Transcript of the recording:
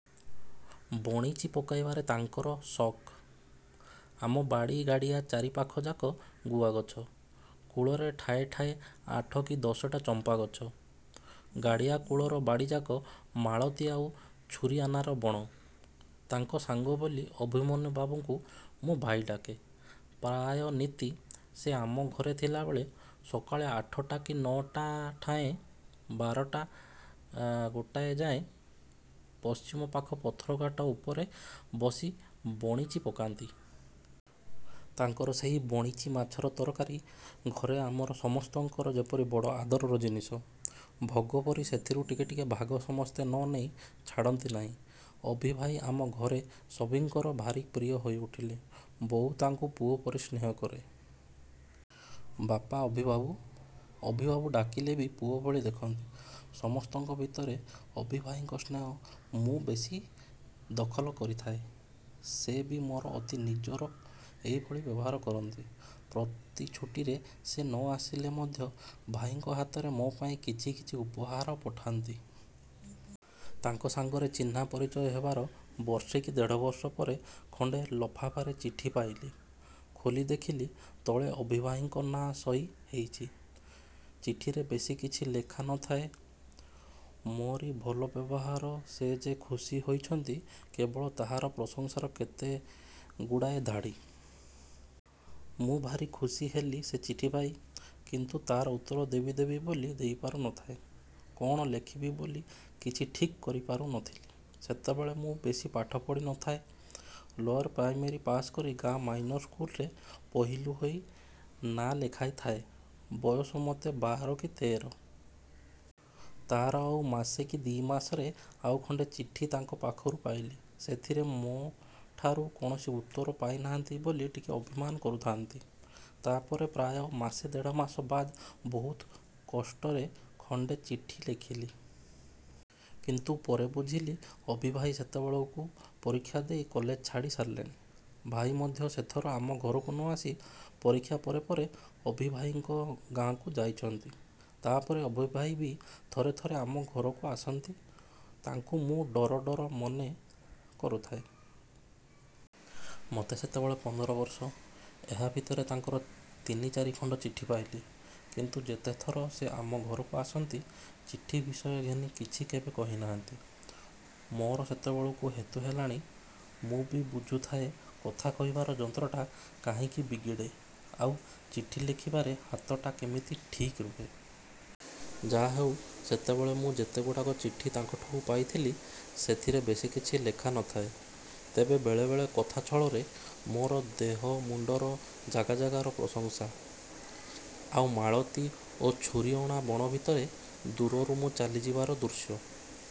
ବଣିଚି ପକେଇବାରେ ତାଙ୍କର ସଖ୍। "ଆମ ବାଡ଼ି ଗାଡ଼ିଆ ଚାରିପାଖଯାକ ଗୁଆଗଛ। କୂଳରେ ଠାଏ ଠାଏ ଆଠ କି ଦଶଟା ଚମ୍ପାଗଛ। ଗାଡ଼ିଆ କୂଳର ବାଡ଼ିଯାକ ମାଳତୀ ଆଉ ଛୁରିଅନାର ବଣ। ତାଙ୍କ ସାଙ୍ଗ ବୋଲି ଅଭିମନ୍ୟୁ ବାବୁଙ୍କୁ ମୁଁ ଭାଇ ଡାକେ। ପ୍ରାୟ ନିତି, ସେ ଆମ ଘରେ ଥିଲାବେଳେ, ସକାଳ ଆଠାଟା କି ନ'ଟା ଠଉଁ ବାରଟା ଗୋଟାଏ ଯାଏ ପଶ୍ଚିମପାଖ ପଥରଘାଟ ଉପରେ ବସି ବଣିଚି ପକାନ୍ତି। ତାଙ୍କର ସେହି ବଣିଚି ମାଛର ତରକାରୀ ଘରେ ଆମର ସମସ୍ତଙ୍କର ଯେପରି ବଡ଼ ଆଦରର ଜିନିଷ। ଭୋଗ ପରି ସେଥିରୁ ଟିକେ ଟିକେ ଭାଗ ସମସ୍ତେ ନନେଇ ଛାଡ଼ନ୍ତି ନାଇଁ। ଅଭିଭାଇ ଆମ ଘରେ ସଭିଙ୍କର ଭାରି ପ୍ରିୟ ହୋଇ ଉଠିଲେ। ବୋଉ ତାଙ୍କୁ ପୁଅ ପରି ସ୍ନେହ କରେ। ବାପା ଅଭିବାବୁ, ଅଭିବାବୁ ଡାକିଲେ ବି ପୁଅ ଭଳି ଦେଖନ୍ତି। ସମସ୍ତଙ୍କ ଭିତରେ ଅଭି ଭାଇଙ୍କ ସ୍ନେହ ମୁଁ ବେଶି ଦଖଲ କରିଥାଏ। ସେ ବି ମୋର ଅତି ନିଜର ଏହିଭଳି ବ୍ୟବହାର କରନ୍ତି। ପ୍ରତି ଛୁଟିରେ ସେ ନ ଆସିଲେ ମଧ୍ୟ ଭାଇଙ୍କ ହାତରେ ମୋ ପାଇଁ କିଛିକିଛି ଉପହାର ପଠାନ୍ତି। ତାଙ୍କ ସାଙ୍ଗରେ ଚିହ୍ନା ପରିଚୟ ହେବାର ବର୍ଷେ କି ଦେଢ଼ବର୍ଷ ପରେ ଖଣ୍ଡେ ଲଫାପାରେ ଚିଠି ପାଇଲି। –ଖୋଲି ଦେଖିଲି ତଳେ ଅଭିଭାଇଙ୍କ ନା ସହି ହେଇଚି। ଚିଠିରେ ବେଶି କିଛି ଲେଖା ନ' ଥାଏ। ମୋରି ଭଲ ବ୍ୟବହାରରେ ସେ ଯେ ଖୁସି ହୋଇଚନ୍ତି କେବଳ ତାହାର ପ୍ରଶଂସାର କେତେଗୁଡ଼ିଏ ଧାଡ଼ି। ମୁଁ ବି ଭାରି ଖୁସି ହେଲି ସେ ଚିଠି ପାଇ। କିନ୍ତୁ ତାର ଉତ୍ତର ଦେବି ଦେବି ବୋଲି ଦେଇ ପାରୁ ନଥାଏ। କଣ ଲେଖିବି ବୋଲି କିଛି ଠିକ୍ କରି ପାରୁ ନଥିଲି। ସେତେବେଳକୁ ମୁଁ ବେଶି ପାଠ ପଢ଼ି ନ ଥାଏ। ଲୋରପ୍ରାଇମେରି ପାଶକରି ଗାଁ ମାଇନର ସ୍କୁଲରେ ପହିଲୁ ହେଇ ନା ଲେଖେଇଥାଏ–ବୟସ ମତେ ବାର କି ତେର। ତାର ଆଉ ମାସେ କି ଦି ମାସରେ ଆଉ ଖଣ୍ଡେ ଚିଠି ତାଙ୍କ ପାଖରୁ ପାଇଲି। ସେଥିରେ ସେ ମୋଠାରୁ କୌଣସି ଉତ୍ତର ପାଇ ନାହାନ୍ତି ବୋଲି ଟିକେ ଅଭିମାନ କରିଥାନ୍ତି। ତା' ପରେ ପ୍ରାୟ ମାସେ ଦେଢ଼ମାସ ବାଦ ବହୁ କଷ୍ଟରେ ଖଣ୍ଡେ ଚିଠି ଲେଖିଲି। କିନ୍ତୁ ପରେ ବୁଝିଲି ଅଭିଭାଇ ସେତେବେଳକୁ ପରୀକ୍ଷା ଦେଇ କଲେଜ ଛାଡ଼ି ସାରିଲେଣି। ଭାଇ ମଧ୍ୟ ସେଥର ଆମ ଘରକୁ ନ ଆସି ପରୀକ୍ଷା ପରେପରେ ଅଭିଭାଇଙ୍କ ଗାଁକୁ ଯାଇଥାନ୍ତି। ତା'ପରେ ଅଭିଭାଇ ବି ଥରେଥରେ ଆମଘରକୁ ଆସନ୍ତି। ତାଙ୍କୁ ମୁଁ ଡର ଡର ମନେ କରୁଥାଏ। ମତେ ସେତେବେଳେ ପନ୍ଦର ବର୍ଷ। ଏହା ଭିତରେ ତାଙ୍କର ତିନି ଚାରିଖଣ୍ଡ ଚିଠି ପାଇଲି। କିନ୍ତୁ ଯେତେଥର ସେ ଆମ ଘରକୁ ଆସନ୍ତି ଚିଠି ବିଷୟ ଘେନି କିଛି କେବେ କହିନାହାନ୍ତି। ମୋର ସେତେବେଳକୁ ହେତୁ ହେଲାଣି। ମୁଁ ବି ବୁଝୁଥାଏ କଥା କହିବାର ଯନ୍ତ୍ରଟା କାହିଁକି ବିଗିଡ଼େ ଆଉ ଚିଠି ଲେଖିବାର ହାତଟା କେମିତି ଠିକ୍ ରୁହେ। ଯା' ହେଉ, ସେତେବେଳକୁ ମୁଁ ଯେତେଗୁଡ଼ାକ ଚିଠି ତାଙ୍କଠଉଁ ପାଇଥାଏ ସେଥିରେ ବେଶିକିଛି ଲେଖା ନ'ଥାଏ। ତେବେ ବେଳେବେଳେ କଥା ଛଳରେ ମୋର ଦେହ ମୁଣ୍ଡର ଜାଗା ଜାଗାର ପ୍ରଶଂସା। ଆଉ ମାଳତୀ ଓ ଛୁରିଅନା ବଣଭିତରେ ଦୂରରୁ ମୁଁ ଚାଲି ଯିବାର ଦୃଶ୍ୟ